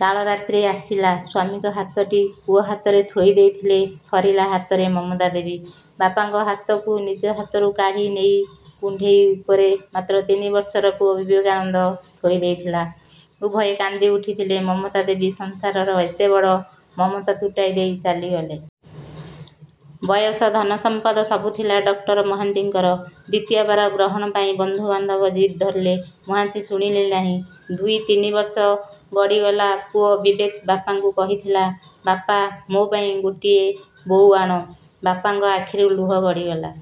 କାଳରାତ୍ରି ଆସିଲା। ସ୍ୱାମୀଙ୍କ ହାତଟି ପୁଅ ହାତରେ ଥୋଇ ଦେଇଥିଲେ ଥରିଲା ହାତରେ ମମତାଦେବୀ। ବାପାଙ୍କ ହାତକୁ ନିଜ ହାତରୁ କାଢ଼ି ନେଇ କୁଣ୍ତେଇ ଉପରେ ମାତ୍ର ତିନିବର୍ଷର ପୁଅ ବିବେକାନନ୍ଦ ଥୋଇ ଦେଇଥିଲା। ଉଭୟେ କାନ୍ଦି ଉଠିଥିଲେ, ମମତା ଦେବୀ ସଂସାରର ଏତେ ବଡ଼ ମମତା ତୁଟାଇ ଦେଇ ଚାଲିଗଲେ। ବୟସ, ଧନସମ୍ପଦ ସବୁ ଥିଲା ଡକ୍ଟର ମହାନ୍ତିଙ୍କର। ଦ୍ୱିତୀୟ ବାର ଗ୍ରହଣ ପାଇଁ ବନ୍ଧୁବାନ୍ଧବ ଜିଦ୍ ଧରିଲେ। ମହାନ୍ତି ଶୁଣିଲେ ନାହିଁ। ଦୁଇ ତିନି ବର୍ଷ ଗିଡ଼ିଗଲା। ପୁଅ ବିବେକ ବାପାଙ୍କୁ କହିଥିଲା-ବାପା, ମୋ ପାଇଁ ଗୋଟିଏ ବୋଉ ଆଣ। ବାପାଙ୍କ ଆଖିରୁ ଲୁହ ଗଡ଼ିଗଲା-।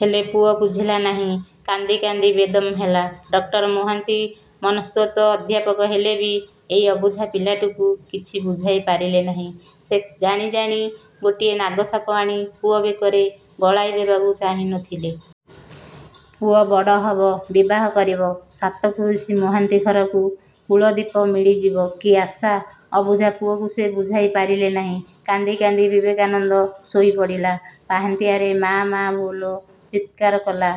ହେଲେ ପୁଅ ବୁଝିଲା ନାହିଁ। କାନ୍ଦ କାନ୍ଦି ବେଦମ୍ ହେଲା। ଡକ୍ଟର ମହାନ୍ତି ମନସ୍ତତ୍ତ୍ୱ ଅଧ୍ୟାପକ ହେଲେ ବି ଏଇ ଅବୁଝା ପିଲାଟିକୁ କିଛି ବୁଝାଇ ପାରିଲେ ନାହିଁ। ସେ ଜାଣି ଜାଣି ଗୋଟାଏ ନାଗସାପ ଆଣି ପୁଅ ବେକରେ ଗଳାଇ ଦେବାକୁ ଚାହିଁ ନ ଥିଲେ। ପୁଅ ବଡ଼ ହବ, ବିବାହ କରିବ-। ସାତ ପୁରୁଷି ମହାନ୍ତି ଘରକୁ କୁଳ ଦୀପ ମିଳିଯିବ। କି ଆଶା? ଅବୁଝା ପୁଅକୁ ସେ ବୁଝାଇ ପାରିଲେ ନାହିଁ। କାନ୍ଦି କାନ୍ଦି ବିବେକାନନ୍ଦ ଶୋଇ ପଡ଼ିଲା-। ପାହାନ୍ତିଆରେ ମା'ମା' ବୋଲ ଚିତ୍କାର କଲା।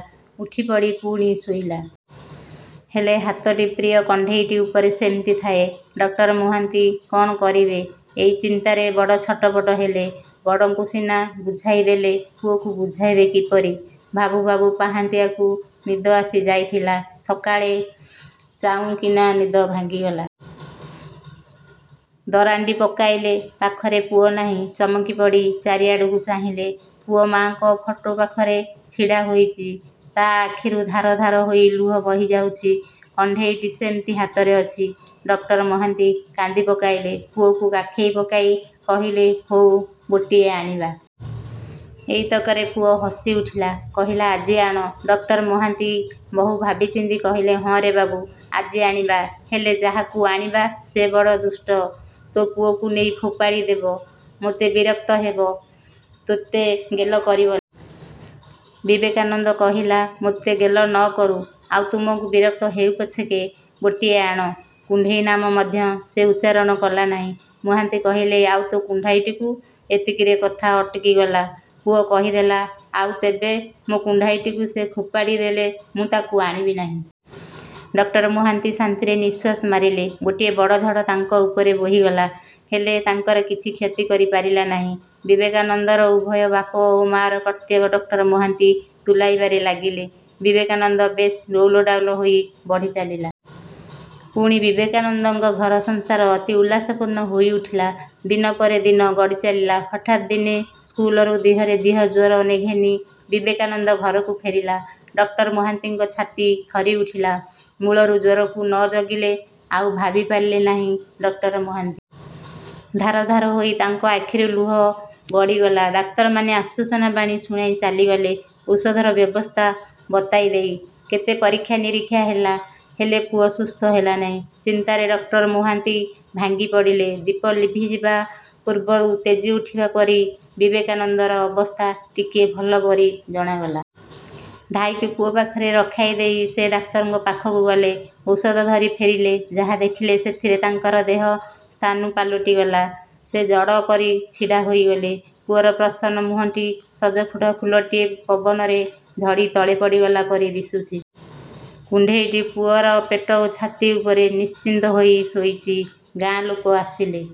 ଉଠି ପଡ଼ି ପୁଣି ଶୋଇଲା। ହେଲେ, ହାତଟି ପ୍ରିୟ କଣ୍ତେଇଟି ଉପରେ ସେମିତି ଥାଏ। ଡକ୍ଟର ମହାନ୍ତି କ'ଣ କରିବେ, ଏଇ ଚିନ୍ତାରେ ବଡ଼ ଛଟପଟ ହେଲେ। ବଡ଼ଙ୍କୁ ସିନା ବୁଝାଇ ଦେଲେ, ପୁଅକୁ ବୁଝାଇବେ କିପରି? ଭାବୁ ଭାବୁ ପାହାନ୍ତିଆକୁ ନିଦ ଆସି ଯାଇଥିଲା। ସକାଳେ ଚାଉଁ କିନା ନିଦ ଭାଜିଗଲା। ଦରାଣ୍ତି ପକାଇଲେ, ପାଖରେ ପୁଅ ନାହିଁ। ଚମକି ପଡ଼ି ଚାରିଆଡ଼କୁ ଚାହିଁଲେ। ପୁଅ ମାଆଙ୍କ ଫଟୋ ପାଖରେ ଛିଡ଼ା ହୋଇଚି। ତା ଆଖିରୁ ଧାର ଧାର ହୋଇ ଲୁହ ଗଡ଼ିଯାଉଚି। କୁଣ୍ତେଇଟି ସେମିତି ହାତରେ ଅଛି। ଡକ୍ଟର ମହାନ୍ତି କାନ୍ଦି ପକାଇଲେ। ପୁଅକୁ କାଖେଇ ପକାଇ କହିଲେ-ହଉ ବୋଉଟିଏ ଆଣିବା। ଏଇତକରେ ପୁଅ ହସିଉଠିଲା। କହିଲା-ଆଜି ଆଣ। ଡକ୍ଟର ମହାନ୍ତି ବହୁ ଭାବି ଚିନ୍ତି କହିଲେ-ହଁ ରେ ବାବୁ, ଆଜି ଆଣିବା। ହେଲେ ଯାହାକୁ ଆଣିବା, ସେ ବଡ଼ ଦୁଷ୍ଟ। ତୋ ପୁଅକୁ ନେଇ ଫୋପାଡ଼ି ଦେବ। ମତେ ବିରକ୍ତ ହେବ। ତତେ ଗେଲ କରିବ ନାହିଁ। ବିବେକାନନ୍ଦ କହିଲା-ମତେ ଗେଲ ନ କରୁ, ଆଉ ତୁମକୁ ବିରକ୍ତ ହେଉ ପଛକେ, ବୋଉଟିଏ ଆଣ। କୁଣ୍ତେଇ ନାମ ମଧ୍ୟ ସେ ଉଚ୍ଚାରଣ କଲା ନାହିଁ। ମହାନ୍ତି କହିଲେ-ଆଉ ତୋ କୁଣ୍ତେଇଟିକୁ ଏତିକିରେ କଥା ଅଟକି ଗଲା, ପୁଅ କହିଦେଲା-ଥାଉ ତେବେ। ମୋ କୁଣ୍ଡେଇଟିକୁ ସେ ଫୋପାଡ଼ି ଦେଲେ ମୁଁ ତାକୁ ଆଣିବି ନାହିଁ। ଡକ୍ଟର। ମହାନ୍ତି ଶାନ୍ତିରେ ନିଶ୍ୱାସ ମାରିଲେ। ଗୋଟାଏ ବଡ଼ ଝଡ଼ ତାଙ୍କ ଉପରେ ବୋହିଗଲା, ହେଲେ ତାଙ୍କର କିଛି କ୍ଷତି କରି ପାରିଲା ନାହିଁ। ବିବେକାନନ୍ଦର ଉଭୟ ବାପ ଓ ମା'ର କର୍ତ୍ତବ୍ୟ ଡକ୍ଟର ମହାନ୍ତି ତୁଲାଇବାରେ ଲାଗିଲେ। ବିବେକାନନ୍ଦ ବେଶ୍ ଡଉଲ ଡାଉଲ ହୋଇ ବଢ଼ି ଚାଲିଲା। ପୁଣି ବିବେକାନନ୍ଦଙ୍କ ଘର ସଂସାର ଅତି ଉଲ୍ଲାସପୂର୍ଣ୍ଣ ହୋଇ ଉଠିଲା। ଦିନ ପରେ ଦିନ ଗଡ଼ିଚାଲିଲା। ହଠାତ୍ ଦିନେ ସ୍କୁଲରୁ ଦିହରେ ଦିହ ଜ୍ୱର ଘେନି ବିବେକାନନ୍ଦ ଘରକୁ ଫେରିଲା। ଡକ୍ଟର ମହାନ୍ତିଙ୍କ ଛାତି ଥରିଉଠିଲା। ମୂଳରୁ ଜ୍ୱରଟାକୁ ନ ଜଗିଲେ-ଆଉ ଭାବି ପାରିଲେ ନାହିଁ ଡକ୍ଟର ମହାନ୍ତି। ଧାର ଧାର ହୋଇ ତାଙ୍କ ଆଖିରୁ ଲୁହ ଗଡ଼ିଗଲା। ଡାକ୍ତରମାନେ ଆଶ୍ୱାସନା ବାଣୀ ଶୁଣାଇ ଚାଲିଗଲେ, ଔଷଧର ବ୍ୟବସ୍ଥା ବତାଇ ଦେଇ। କେତେ ପରୀକ୍ଷା ନିରୀକ୍ଷା ହେଲା, ହେଲେ ପୁଅ ସୁସ୍ଥ ହେଲାନାହିଁ। ଚିନ୍ତାରେ ଡକ୍ଟର ମହାନ୍ତି ଭାଙ୍ଗି ପଡ଼ିଲେ। ଦୀପ ନିଭିଯିବା ପୂର୍ବରୁ ତେଜି ଉଠିବା ପରି ବିବେକନନ୍ଦର ଅବସ୍ଥା ଟିକିଏ ଭଲ ପରି ଜଣାଗଲା। ଧାଈକୁ ପୁଅ ପାଖରେ ରଖାଇ ଦେଇ ସେ ଡାକ୍ତରଙ୍କ ପାଖକୁ ଗଲେ। ଔଷଧ ଧରି ଫେରିଲେ। ଯାହା ଦେଖିଲେ, ସେଥିରେ ତାଙ୍କର ଦେହ ସ୍ଥାଣୁ ପାଲଟିଗଲା। ସେ ଜଡ଼ ପରି ଛିଡ଼ା ହୋଇଗଲେ। ପୁଅର ପ୍ରସନ୍ନ ମୁହଁଟି ସଜଫୁଟା ଫୁଲଟିଏ ପବନରେ ଝଡ଼ି ତଳେ ପଡ଼ିଗଲା ପରି ଦିଶୁଚୁ। କୁଣ୍ଢେଇଟି ପୁଅର ପେଟ ଓ ଛାତି ଉପରେ ନିଶ୍ଚିନ୍ତ ହୋଇ ଶୋଇଚି। ଗାଁ ଲୋକେ ଆସିଲେ।